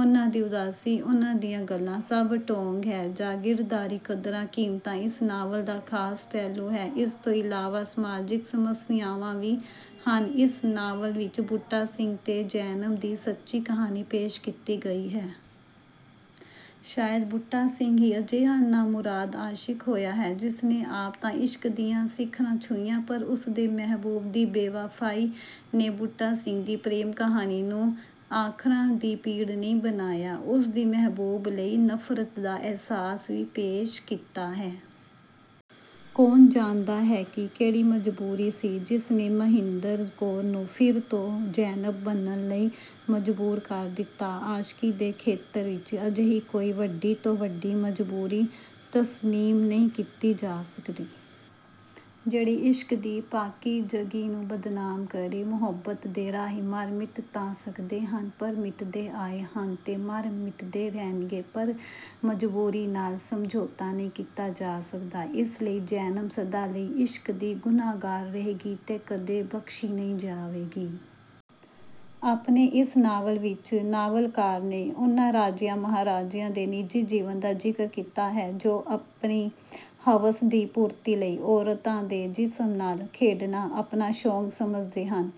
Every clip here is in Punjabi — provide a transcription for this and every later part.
ਉਨ੍ਹਾਂ ਦੀ ਉਦਾਸੀ, ਉਨ੍ਹਾਂ ਦੀਆਂ ਗੱਲਾਂ ਸਭ ਢੌਂਗ ਹੈ। ਜਾਗੀਰਦਾਰੀ ਕਦਰਾਂ ਕੀਮਤਾਂ ਇਸ ਨਾਵਲ ਦਾ ਖ਼ਾਸ ਪਹਿਲੂ ਹੈ। ਇਸ ਤੋਂ ਇਲਾਵਾ ਸਮਾਜਿਕ ਸਮੱਸਿਆਵਾਂ ਵੀ ਹਨ। ਇਸ ਨਾਵਲ ਵਿੱਚ ਬੂਟਾ ਸਿੰਘ ਤੇ ਜ਼ੈਨਬ ਦੀ ਸੱਚੀ ਕਹਾਣੀ ਪੇਸ਼ ਕੀਤੀ ਗਈ ਹੈ। ਸ਼ਾਇਦ ਬੂਟਾ ਸਿੰਘ ਹੀ ਅਜਿਹਾ ਨਾਮੁਰਾਦ ਆਸ਼ਕ ਹੋਇਆ ਹੈ, ਜਿਸਨੇ ਆਪ ਤਾਂ ਇਸ਼ਕ ਦੀਆਂ ਸਿਖ਼ਰਾਂ ਛੂਹੀਆਂ ਪਰ ਉਸਦੇ ਮਹਿਬੂਬ ਦੀ ਬੇਵਫ਼ਾਈ ਨੇ ਬੂਟਾ ਸਿੰਘ ਦੀ ਪ੍ਰੇਮ ਕਹਾਣੀ ਨੂੰ ਆਖਰਾਂ ਦੀ ਪੀੜ ਨਹੀਂ ਬਣਾਇਆ, ਉਸਦੀ ਮਹਿਬੂਬ ਲਈ ਨਫ਼ਰਤ ਦਾ ਅਹਿਸਾਸ ਵੀ ਪੇਸ਼ ਕੀਤਾ ਹੈ। ਕੌਣ ਜਾਣਦਾ ਹੈ ਕਿ ਕਿਹੜੀ ਮਜ਼ਬੂਰੀ ਸੀ ਜਿਸਨੇ ਮਹਿੰਦਰ ਕੌਰ ਨੂੰ ਫਿਰ ਤੋਂ ਜ਼ੈਨਬ ਬਣਨ ਲਈ ਮਜ਼ਬੂਰ ਕਰ ਦਿੱਤਾ। ਆਸ਼ਕੀ ਦੇ ਖੇਤਰ ਵਿੱਚ ਅਜਿਹੀ ਕੋਈ ਵੱਡੀ ਤੋਂ ਵੱਡੀ ਮਜ਼ਬੂਰੀ ਤਸਲੀਮ ਨਹੀਂ ਕੀਤੀ ਜਾ ਸਕਦੀ। ਜਿਹੜੀ ਇਸ਼ਕ ਦੀ ਪਾਕੀਜ਼ਗੀ ਨੂੰ ਬਦਨਾਮ ਕਰੇ। ਮੁਹੱਬਤ ਦੇ ਰਾਹੀ ਮਰ ਮਿਟ ਤਾਂ ਸਕਦੇ ਹਨ, ਪਰ ਮਿਟਦੇ ਆਏ ਹਨ ਤੇ ਮਰ ਮਿਟਦੇ ਰਹਿਣਗੇ, ਪਰ ਮਜ਼ਬੂਰੀ ਨਾਲ ਸਮਝੌਤਾ ਨਹੀਂ ਕੀਤਾ ਜਾ ਸਕਦਾ। ਇਸ ਲਈ ਜ਼ੈਨਬ ਸਦਾ ਲਈ ਇਸ਼ਕ ਦੀ ਗੁਨਾਹਗਾਰ ਰਹੇਗੀ ਤੇ ਕਦੇ ਬਖ਼ਸ਼ੀ ਨਹੀਂ ਜਾਏਗੀ। ਆਪਣੇ ਇਸ ਨਾਵਲ ਵਿੱਚ ਨਾਵਲਕਾਰ ਨੇ ਉਨ੍ਹਾਂ ਰਾਜਿਆਂ ਮਹਾਰਾਜਿਆਂ ਦੇ ਨਿੱਜੀ ਜੀਵਨ ਦਾ ਜ਼ਿਕਰ ਕੀਤਾ ਹੈ, ਜੋ ਆਪਣੀ ਹਵਸ ਦੀ ਪੂਰਤੀ ਲਈ ਔਰਤਾਂ ਦੇ ਜਿਸਮ ਨਾਲ ਖੇਡਣਾ ਆਪਣਾ ਸ਼ੌਕ ਸਮਝਦੇ ਹਨ।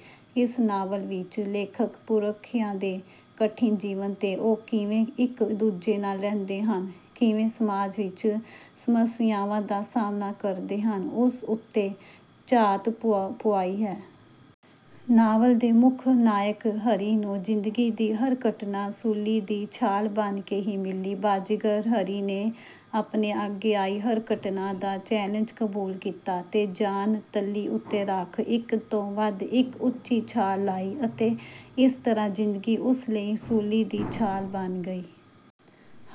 ਇਸ ਨਾਵਲ ਵਿੱਚ ਲੇਖਕ ਪੁਰਖਿਆਂ ਦੇ ਕਠਿਨ ਜੀਵਨ ਤੇ ਉਹ ਕਿਵੇਂ ਇੱਕ ਦੂਜੇ ਨਾਲ ਰਹਿੰਦੇ ਹਨ, ਕਿਵੇਂ ਸਮਾਜ ਵਿੱਚ ਸਮੱਸਿਆਵਾਂ ਦਾ ਸਾਹਮਣਾ ਕਰਦੇ ਹਨ ਉਸ ਉੱਤੇ ਝਾਤ ਪੁਆਈ ਹੈ। ਨਾਵਲ ਦੇ ਮੁੱਖ ਨਾਇਕ ਹਰੀ ਨੂੰ ਜ਼ਿੰਦਗੀ ਦੀ ਹਰ ਘਟਨਾ ਸੂਲੀ ਦੀ ਛਾਲ ਬਣ ਕੇ ਹੀ ਮਿਲੀ। ਬਾਜੀਗਰ ਹਰੀ ਨੇ ਆਪਣੇ ਅੱਗੇ ਆਈ ਹਰ ਘਟਨਾ ਦਾ ਚੈਲੇਂਜ ਕਬੂਲ ਕੀਤਾ ਤੇ ਜਾਨ ਤਲੀ ਉੱਤੇ ਰੱਖ ਇੱਕ ਤੋਂ ਵੱਧ ਇੱਕ ਉੱਚੀ ਛਾਲ ਲਾਈ ਅਤੇ ਇਸ ਤਰ੍ਹਾਂ ਜ਼ਿੰਦਗੀ ਉਸ ਲਈ ਸੂਲੀ ਦੀ ਛਾਲ ਬਣ ਗਈ।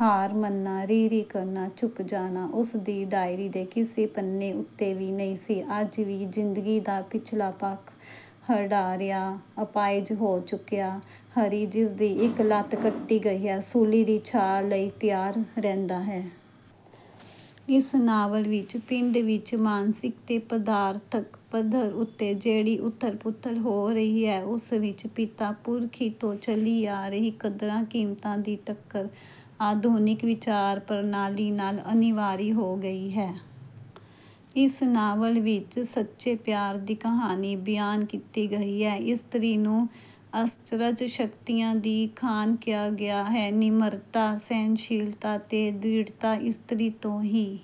ਹਾਰ ਮੰਨਣਾ, ਰੀ ਰੀ ਕਰਨਾ, ਝੁਕ ਜਾਣਾ ਉਸ ਦੀ ਡਾਇਰੀ ਦੇ ਕਿਸੇ ਪੰਨੇ ਉੱਤੇ ਵੀ ਨਹੀਂ ਸੀ। ਅੱਜ ਵੀ ਜ਼ਿੰਦਗੀ ਦਾ ਪਿਛਲਾ ਪੱਖ ਹੱਡਾ ਰਿਹਾ, ਅਪਾਹਜ ਹੋ ਚੁੱਕਿਆ ਹਰੀ ਜਿਸ ਦੀ ਇੱਕ ਲੱਤ ਕੱਟੀ ਗਈ ਹੈ ਸੂਲੀ ਦੀ ਛਾਲ ਲਈ ਤਿਆਰ ਰਹਿੰਦਾ ਹੈ। ਇਸ ਨਾਵਲ ਵਿੱਚ ਪਿੰਡ ਵਿੱਚ ਮਾਨਸਿਕ ਤੇ ਪਦਾਰਥਕ ਪੱਧਰ ਉੱਤੇ ਜਿਹੜੀ ਉੱਥਲ ਪੁੱਥਲ ਹੋ ਰਹੀ ਹੈ ਉਸ ਵਿੱਚ ਪਿਤਾ ਪੁਰਖੀ ਤੋਂ ਚੱਲੀ ਆ ਰਹੀ ਕਦਰਾਂ ਕੀਮਤਾਂ ਦੀ ਟੱਕਰ ਆਧੁਨਿਕ ਵਿਚਾਰ ਪ੍ਰਣਾਲੀ ਨਾਲ ਅਨਿਵਾਰੀ ਹੋ ਗਈ ਹੈ। ਇਸ ਨਾਵਲ ਵਿੱਚ ਸੱਚੇ ਪਿਆਰ ਦੀ ਕਹਾਣੀ ਬਿਆਨ ਕੀਤੀ ਗਈ ਹੈ। ਇਸਤਰੀ ਨੂੰ ਅਸਚਰਜ ਸ਼ਕਤੀਆਂ ਦੀ ਖਾਣ ਕਿਹਾ ਗਿਆ ਹੈ। ਨਿਮਰਤਾ, ਸਹਿਣਸ਼ੀਲਤਾ ਤੇ ਦ੍ਰਿੜਤਾ ਇਸਤਰੀ ਤੋਂ ਹੀ...